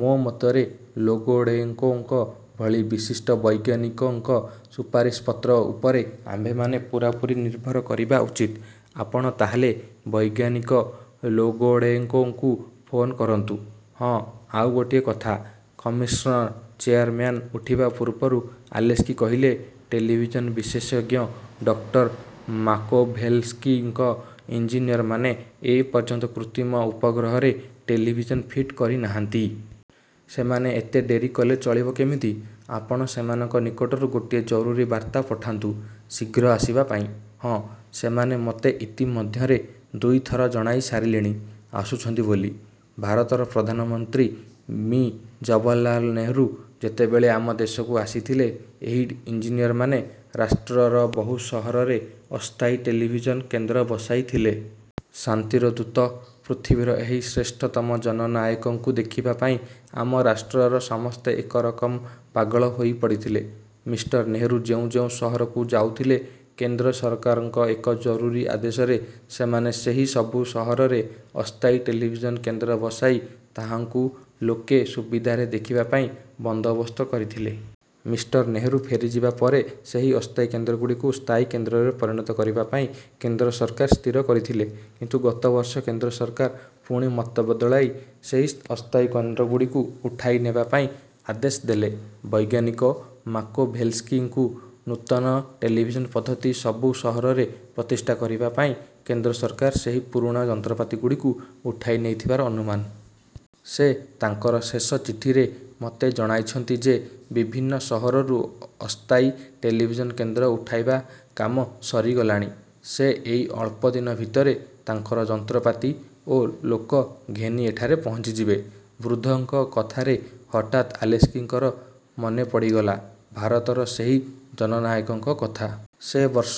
ମୋ ମତରେ ଲୋଗୋଡ଼େଙ୍କୋଙ୍କ ଭଳି ବିଶିଷ୍ଟ ବୈଜ୍ଞାନିକଙ୍କ ସୁପାରିଶପତ୍ର ଉପରେ ଆମ୍ଭେମାନେ ପୂରାପୂରି ନିର୍ଭର କରିବା ଉଚିତ। ଆପଣ ତାହେଲେ ବୈଜ୍ଞାନିକ ଲୋଗୋଡ଼େଙ୍କୋଙ୍କୁ ଫୋନ୍ କରନ୍ତୁ। '' ''ହଁ, ଆଉ ଗୋଟିଏ କଥା'' କମିଶନ୍ର ଚେୟାରମ୍ୟାନ୍ ଉଠିବା ପୂର୍ବରୁ ଆଲେସ୍କି କହିଲେ, ''ଟେଲିଭିଜନ୍ ବିଶେଷଜ୍ଞ ଡକ୍ଟର ମାକୋଭେଲସ୍କିଙ୍କ ଇଞ୍ଜିନିୟରମାନେ ଏପର୍ଯ୍ୟନ୍ତ କୃତ୍ରିମ ଉପଗ୍ରହରେ ଟେଲିଭିଜନ୍ ଫିଟ୍ କରି ନାହାନ୍ତି। ସେମାନେ ଏତେ ଡେରି କଲେ ଚଳିବ କେମିତି? ଆପଣ ସେମାନଙ୍କ ନିକଟରୁ ଗୋଟିଏ ଜରୁରୀ ବାର୍ତ୍ତା ପଠାନ୍ତୁ ଶୀଘ୍ର ଆସିବା ପାଇଁ। '' ''ହଁ, ସେମାନେ ମୋତେ ଇତି ମଧ୍ୟରେ ଦୁଇଥର ଜଣାଇ ସାରିଲେଣି ଆସୁଛନ୍ତି ବୋଲି-। ଭାରତର ପ୍ରଧାନମନ୍ତ୍ରୀ ମି. ଜବାହାରଲାଲ୍ ନେହେରୁ ଯେତେବେଳେ ଆମ ଦେଶକୁ ଆସିଥିଲେ ଏହି ଇଞ୍ଜିନିୟରମାନେ ରାଷ୍ଟ୍ରର ବହୁ ସହରରେ ଅସ୍ଥାୟୀ ଟେଲିଭିଜନ୍ କେନ୍ଦ୍ର ବସାଇଥିଲେ-। ଶାନ୍ତିର ଦୂତ ପୃଥିବୀର ଏହି ଶ୍ରେଷ୍ଠତମ ଜନନାୟକଙ୍କୁ ଦେଖିବା ପାଇଁ ଆମ ରାଷ୍ଟ୍ରର ସମସ୍ତେ ଏକରକମ ପାଗଳ ହୋଇପଡ଼ିଥିଲେ। ମିଷ୍ଟର୍ ନେହେରୁ ଯେଉଁ ଯେଉଁ ସହରକୁ ଯାଉଥିଲେ କେନ୍ଦ୍ର ସରକାରଙ୍କ ଏକ ଜରୁରୀ ଆଦେଶରେ ସେମାନେ ସେହି ସବୁ ସହରରେ ଅସ୍ଥାୟୀ ଟେଲିଭିଜନ୍ କେନ୍ଦ୍ର ବସାଇ ତାହାଙ୍କୁ ଲୋକେ ସୁବିଧାରେ ଦେଖିବାପାଇଁ ବନ୍ଦୋବସ୍ତ କରିଥିଲେ। ମିଷ୍ଟର୍ ନେହେରୁ ଫେରିଯିବା ପରେ ସେହି ଅସ୍ଥାୟୀ କେନ୍ଦ୍ର ଗୁଡ଼ିକୁ ସ୍ଥାୟୀ କେନ୍ଦ୍ରରେ ପରିଣତ କରିବା ପାଇଁ କେନ୍ଦ୍ର ସରକାର ସ୍ଥିର କରିଥିଲେ। କିନ୍ତୁ ଗତବର୍ଷ କେନ୍ଦ୍ରସରକାର ପୁଣି ମତ ବଦଳାଇ ସେହି ଅସ୍ଥାୟୀ କେନ୍ଦ୍ରଗୁଡ଼ିକୁ ଉଠାଇ ନେବା ପାଇଁ ଆଦେଶ ଦେଲେ। ବୈଜ୍ଞାନିକ ମାକୋଭେଲସ୍କିଙ୍କୁ ନୂତନ ଟେଲିଭିଜନ୍ ପଦ୍ଧତି ସବୁ ସହରରେ ପ୍ରତିଷ୍ଠା କରିବାପାଇଁ କେନ୍ଦ୍ର ସରକାର ସେହି ପୁରୁଣା ଯନ୍ତ୍ରପାତିଗୁଡ଼ିକୁ ଉଠାଇ ନେଇଥିବାର ଅନୁମାନ। ସେ ତାଙ୍କର ଶେଷ ଚିଠିରେ ମୋତେ ଜଣାଇଛନ୍ତି ଯେ, ବିଭିନ୍ନ ସହରରୁ ଅସ୍ତାୟୀ ଟେଲିଭିଜନ୍ କେନ୍ଦ୍ର ଉଠାଇବା କାମ ସରିଗଲାଣି। ସେ ଏଇ ଅଳ୍ପଦିନ ଭିତରେ ତାଙ୍କର ଯନ୍ତ୍ରପାତି ଓ ଲୋକ ଘେନି ଏଠାରେ ପହଞ୍ଚିଯିବେ। '' ବୃଦ୍ଧଙ୍କ କଥାରେ ହଠାତ୍ ଆଲେସ୍କିଙ୍କର ମନେପଡ଼ିଗଲା, ଭାରତର ସେହି ଜନନାୟକଙ୍କ କଥା। ସେ ବର୍ଷ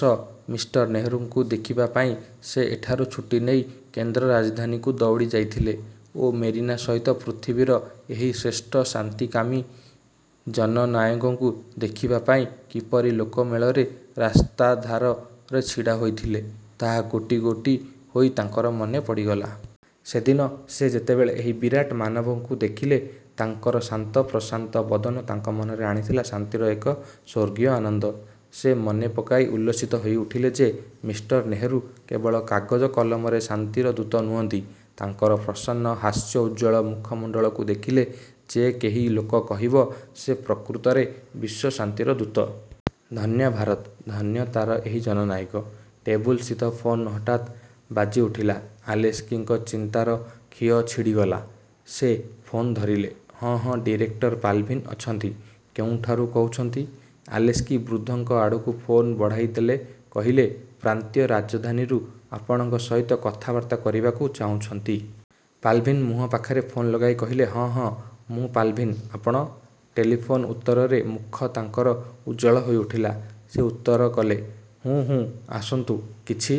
ମିଷ୍ଟର ନେହୁରୁଙ୍କୁ ଦେଖିବା ପାଇଁ ସେ ଏଠାରୁ ଛୁଟି ନେଇ କେନ୍ଦ୍ର ରାଜଧାନୀକୁ ଦୌଡ଼ିଯାଇଥିଲେ ଓ ମେରିନା ସହିତ ପୃଥିବୀର ଏହି ଶ୍ରେଷ୍ଠ ଶାନ୍ତିକାମୀ ଜନନାୟକଙ୍କୁ ଦେଖିବାପାଇଁ କିପରି ଲୋକମେଳରେ ରାସ୍ତାଧାରରେ ଛିଡ଼ା ହୋଇଥିଲେ, ତାହା ଗୋଟି ଗୋଟି ହୋଇ ତାଙ୍କର ମନେ ପଡ଼ିଗଲା। ସେଦିନ ସେ ଯେତେବେଳେ ଏହି ବିରାଟ ମାନବଙ୍କୁ ଦେଖିଲେ, ତାଙ୍କର ଶାନ୍ତପ୍ରଶାନ୍ତ ବଦନ ତାଙ୍କ ମନରେ ଆଣିଥିଲା ଶାନ୍ତିର ଏକ ସ୍ୱର୍ଗୀୟ ଆନନ୍ଦ। ସେ ମନେ ପକାଇ ଉଲ୍ଲସିତ ହୋଇଉଠିଲେ ଯେ ମିଷ୍ଟର୍ ନେହେରୁ କେବଳ କାଗଜ-କଲମରେ ଶାନ୍ତିର ଦୂତ ନୁହନ୍ତି; ତାଙ୍କର ପ୍ରସନ୍ନ ହାସ୍ୟୋଜ୍ୱଳ ମୂଖମଣ୍ଡଳକୁ ଦେଖିଲେ ଯେ କେହି ଲୋକ କହିବ, ସେ ପ୍ରକୃତରେ ବିଶ୍ୱଶାନ୍ତିର ଦୂତ। ଧନ୍ୟ ଭାରତ! ଧନ୍ୟ ତା'ର ଏହି ଜନନାୟକ! ଟେବୁଲସ୍ଥିତ ଫୋନ୍ ହଠାତ୍ ବାଜିଉଠିଲା।। ଆଲେସ୍କିଙ୍କ ଚିନ୍ତାର ଖିଅ ଛିଡ଼ିଗଲା-ସେ ଫୋନ୍ ଧରିଲେ। ''ହଁ, ହଁ, ଡିରେକ୍ଟର ପାଲାଭିନ୍ ଅଛନ୍ତି। କେଉଁଠାରୁ କହୁଛନ୍ତି? '' ଆଲେସ୍କି ବୃଦ୍ଧଙ୍କ ଆଡ଼କୁ ଫୋନ୍ ବଢ଼ାଇଦେଇ କହିଲେ, ''ପ୍ରାନ୍ତୀୟ ରାଜଧାନୀରୁ ଆପଣଙ୍କ ସହିତ କଥାବାର୍ତ୍ତା କରିବାକୁ ଚାହୁଁଚନ୍ତି। '' ପାଲାଭିନ୍ ମୁହଁ ପାଖରେ ଫୋନ୍ ଲଗାଇ କହିଲେ-''ହଁ, ହଁ, ମୁଁ ପାଲାଭିନ୍, ଆପଣ-.. -?'' ଟେଲିଫୋନ୍ର ଉତ୍ତରରେ ମୁଖ ତାଙ୍କର ଉଜ୍ଜଳ ହୋଇଉଠିଲା। ସେ ଉତ୍ତର କଲେ, ''ହୁଁ, ହୁଁ ଆସନ୍ତୁ, କିଛି